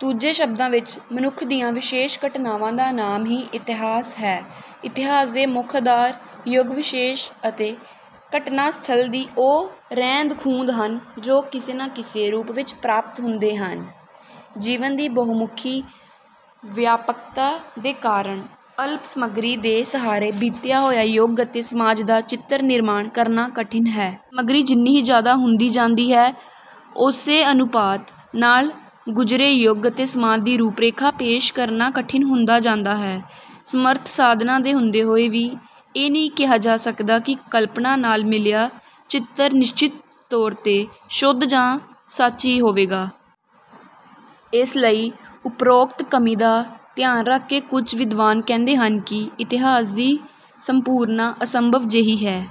ਦੂਜੇ ਸ਼ਬਦਾਂ ਵਿੱਚ ਮਨੁੱਖ ਦੀਆਂ ਵਿਸ਼ੇਸ਼ ਘਟਨਾਵਾਂ ਦਾ ਨਾਮ ਹੀ ਇਤਿਹਾਸ ਹੈ। ਇਤਿਹਾਸ ਦੇ ਮੁੱਖ ਆਧਾਰ ਯੁਗ-ਵਿਸ਼ੇਸ਼ ਅਤੇ ਘਟਨਾ-ਸਥਲ ਦੀ ਉਹ ਰਹਿੰਦ-ਖੂਹੰਦ ਹਨ ਜੋ ਕਿਸੇ ਨਾ ਕਿਸੇ ਰੂਪ ਵਿੱਚ ਪ੍ਰਾਪਤ ਹੁੰਦੇ ਹਨ। ਜੀਵਨ ਦੀ ਬਹੁਮੁਖੀ ਵਿਆਪਕਤਾ ਦੇ ਕਾਰਨ ਅਲਪ ਸਮੱਗਰੀ ਦੇ ਸਹਾਰੇ ਬੀਤਿਆ ਹੋਇਆ ਯੁੱਗ ਅਤੇ ਸਮਾਜ ਦਾ ਚਿੱਤਰ-ਨਿਰਮਾਣ ਕਰਨਾ ਕਠਿਨ ਹੈ। ਸਮੱਗਰੀ ਜਿੰਨੀ ਹੀ ਜ਼ਿਆਦਾ ਹੁੰਦੀ ਜਾਂਦੀ ਹੈ, ਉਸੇ ਅਨੁਪਾਤ ਨਾਲ ਗੁਜ਼ਰੇ ਯੁੱਗ ਅਤੇ ਸਮਾਜ ਦੀ ਰੂਪ-ਰੇਖਾ ਪੇਸ਼ ਕਰਨਾ ਕਠਿਨ ਹੁੰਦਾ ਜਾਂਦਾ ਹੈ। ਸਮਰੱਥ ਸਾਧਨਾਂ ਦੇ ਹੁੰਦੇ ਹੋਏ ਵੀ ਇਹ ਨਹੀਂ ਕਿਹਾ ਜਾ ਸਕਦਾ ਕਿ ਕਲਪਨਾ ਨਾਲ ਮਿਲਿਆ ਚਿੱਤਰ ਨਿਸ਼ਚਿਤ ਤੌਰ 'ਤੇ ਸ਼ੁੱਧ ਜਾਂ ਸੱਚ ਹੀ ਹੋਵੇਗਾ। ਇਸ ਲਈ ਉਪਰੋਕਤ ਕਮੀ ਦਾ ਧਿਆਨ ਰੱਖ ਕੇ ਕੁੱਝ ਵਿਦਵਾਨ ਕਹਿੰਦੇ ਹਨ ਕਿ ਇਤਿਹਾਸ ਦੀ ਸੰਪੂਰਨਤਾ ਅਸੰਭਵ ਜਿਹੀ ਹੈ।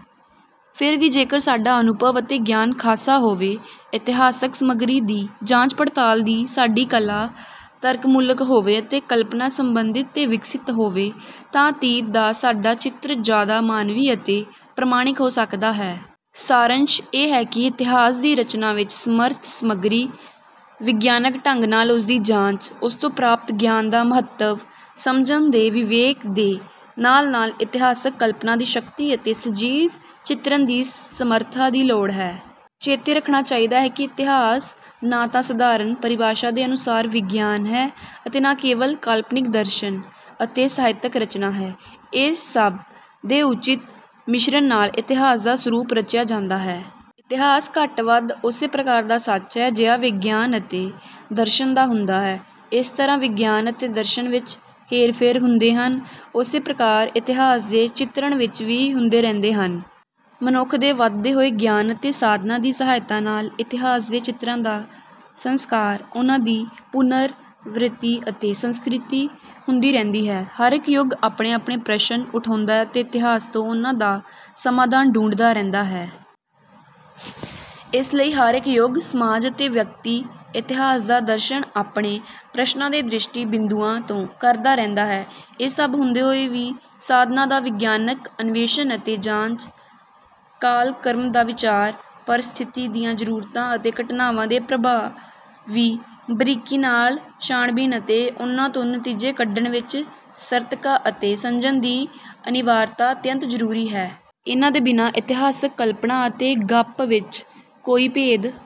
ਫਿਰ ਵੀ ਜੇਕਰ ਸਾਡਾ ਅਨੁਭਵ ਅਤੇ ਗਿਆਨ ਖਾਸਾ ਹੋਵੇ, ਇਤਿਹਾਸਕ ਸਮੱਗਰੀ ਦੀ ਜਾਂਚ-ਪੜਤਾਲ ਦੀ ਸਾਡੀ ਕਲਾ ਤਰਕਮੂਲਕ ਹੋਵੇ ਅਤੇ ਕਲਪਨਾ ਸੰਬੰਧਿਤ ਤੇ ਵਿਕਸਿਤ ਹੋਵੇ, ਤਾਂ ਅਤੀਤ ਦਾ ਸਾਡਾ ਚਿੱਤਰ ਜ਼ਿਆਦਾ ਮਾਨਵੀ ਅਤੇ ਪ੍ਰਮਾਣਿਕ ਹੋ ਸਕਦਾ ਹੈ। ਸਾਰੰਸ਼ ਇਹ ਹੈ ਕਿ ਇਤਿਹਾਸ ਦੀ ਰਚਨਾ ਵਿੱਚ ਸਮਰੱਥ ਸਮੱਗਰੀ, ਵਿਗਿਆਨਕ ਢੰਗ ਨਾਲ ਉਸਦੀ ਜਾਂਚ, ਉਸ ਤੋਂ ਪ੍ਰਾਪਤ ਗਿਆਨ ਦਾ ਮਹੱਤਵ ਸਮਝਣ ਦੇ ਵਿਵੇਕ ਦੇ ਨਾਲ-ਨਾਲ ਇਤਿਹਾਸਕ ਕਲਪਨਾ ਦੀ ਸ਼ਕਤੀ ਅਤੇ ਸਜੀਵ ਚਿਤਰਣ ਦੀ ਸਮਰੱਥਾ ਦੀ ਲੋੜ ਹੈ। ਚੇਤੇ ਰੱਖਣਾ ਚਾਹੀਦਾ ਹੈ ਕਿ ਇਤਿਹਾਸ ਨਾ ਤਾਂ ਸਧਾਰਨ ਪਰਿਭਾਸ਼ਾ ਦੇ ਅਨੁਸਾਰ ਵਿਗਿਆਨ ਹੈ ਅਤੇ ਨਾ ਕੇਵਲ ਕਾਲਪਨਿਕ ਦਰਸ਼ਨ ਅਤੇ ਸਾਹਿਤਕ ਰਚਨਾ ਹੈ। ਇਸ ਸਭ ਦੇ ਉਚਿਤ ਮਿਸ਼ਰਣ ਨਾਲ ਇਤਿਹਾਸ ਦਾ ਸਰੂਪ ਰਚਿਆ ਜਾਂਦਾ ਹੈ। ਇਤਿਹਾਸ ਘੱਟ-ਵੱਧ ਉਸੇ ਪ੍ਰਕਾਰ ਦਾ ਸੱਚ ਹੈ ਜਿਹਾ ਵਿਗਿਆਨ ਅਤੇ ਦਰਸ਼ਨ ਦਾ ਹੁੰਦਾ ਹੈ। ਜਿਸ ਤਰ੍ਹਾਂ ਵਿਗਿਆਨ ਅਤੇ ਦਰਸ਼ਨ ਵਿੱਚ ਹੇਰ-ਫੇਰ ਹੁੰਦੇ ਹਨ, ਉਸੇ ਪ੍ਰਕਾਰ ਇਤਿਹਾਸ ਦੇ ਚਿਤਰਣ ਵਿੱਚ ਵੀ ਹੁੰਦੇ ਰਹਿੰਦੇ ਹਨ। ਮਨੁੱਖ ਦੇ ਵੱਧਦੇ ਹੋਏ ਗਿਆਨ ਅਤੇ ਸਾਧਨਾਂ ਦੀ ਸਹਾਇਤਾ ਨਾਲ ਇਤਿਹਾਸ ਦੇ ਚਿੱਤਰਾਂ ਦਾ ਸੰਸਕਾਰ, ਉਨ੍ਹਾਂ ਦੀ ਪੁਨਰ-ਵ੍ਰੱਤੀ ਅਤੇ ਸੰਸਕ੍ਰਿਤੀ ਹੁੰਦੀ ਰਹਿੰਦੀ ਹੈ। ਹਰ ਇੱਕ ਯੁੱਗ ਆਪਣੇ-ਆਪਣੇ ਪ੍ਰਸ਼ਨ ਉਠਾਉਂਦਾ ਹੈ ਅਤੇ ਇਤਿਹਾਸ ਤੋਂ ਉਨ੍ਹਾਂ ਦਾ ਸਮਾਧਾਨ ਢੂੰਢਦਾ ਰਹਿੰਦਾ ਹੈ। ਇਸ ਲਈ ਹਰ ਇੱਕ ਯੁੱਗ, ਸਮਾਜ ਅਤੇ ਵਿਅਕਤੀ ਇਤਿਹਾਸ ਦਾ ਦਰਸ਼ਨ ਆਪਣੇ ਪ੍ਰਸ਼ਨਾਂ ਦੇ ਦ੍ਰਿਸ਼ਟੀ-ਬਿੰਦੂਆਂ ਤੋਂ ਕਰਦਾ ਰਹਿੰਦਾ ਹੈ। ਇਹ ਸਭ ਹੁੰਦੇ ਹੋਏ ਵੀ ਸਾਧਨਾਂ ਦਾ ਵਿਗਿਆਨਕ ਅਨਵੇਸ਼ਣ ਅਤੇ ਜਾਂਚ, ਕਾਲ-ਕ੍ਰਮ ਦਾ ਵਿਚਾਰ, ਪਰਿਸਥਿਤੀ ਦੀਆਂ ਜ਼ਰੂਰਤਾਂ ਅਤੇ ਘਟਨਾਵਾਂ ਦੇ ਪ੍ਰਵਾਹ ਦੀ ਬਰੀਕੀ ਨਾਲ ਛਾਣਬੀਣ ਅਤੇ ਉਨ੍ਹਾਂ ਤੋਂ ਨਤੀਜੇ ਕੱਢਣ ਵਿੱਚ ਸਰਤਕਤਾ ਅਤੇ ਸੰਜਮ ਦੀ ਅਨਿਵਾਰਤਾ ਅਤਿਅੰਤ ਜ਼ਰੂਰੀ ਹੈ। ਇਨ੍ਹਾਂ ਦੇ ਬਿਨਾਂ ਇਤਿਹਾਸਕ ਕਲਪਨਾ ਅਤੇ ਗੱਪ ਵਿੱਚ ਕੋਈ ਭੇਦ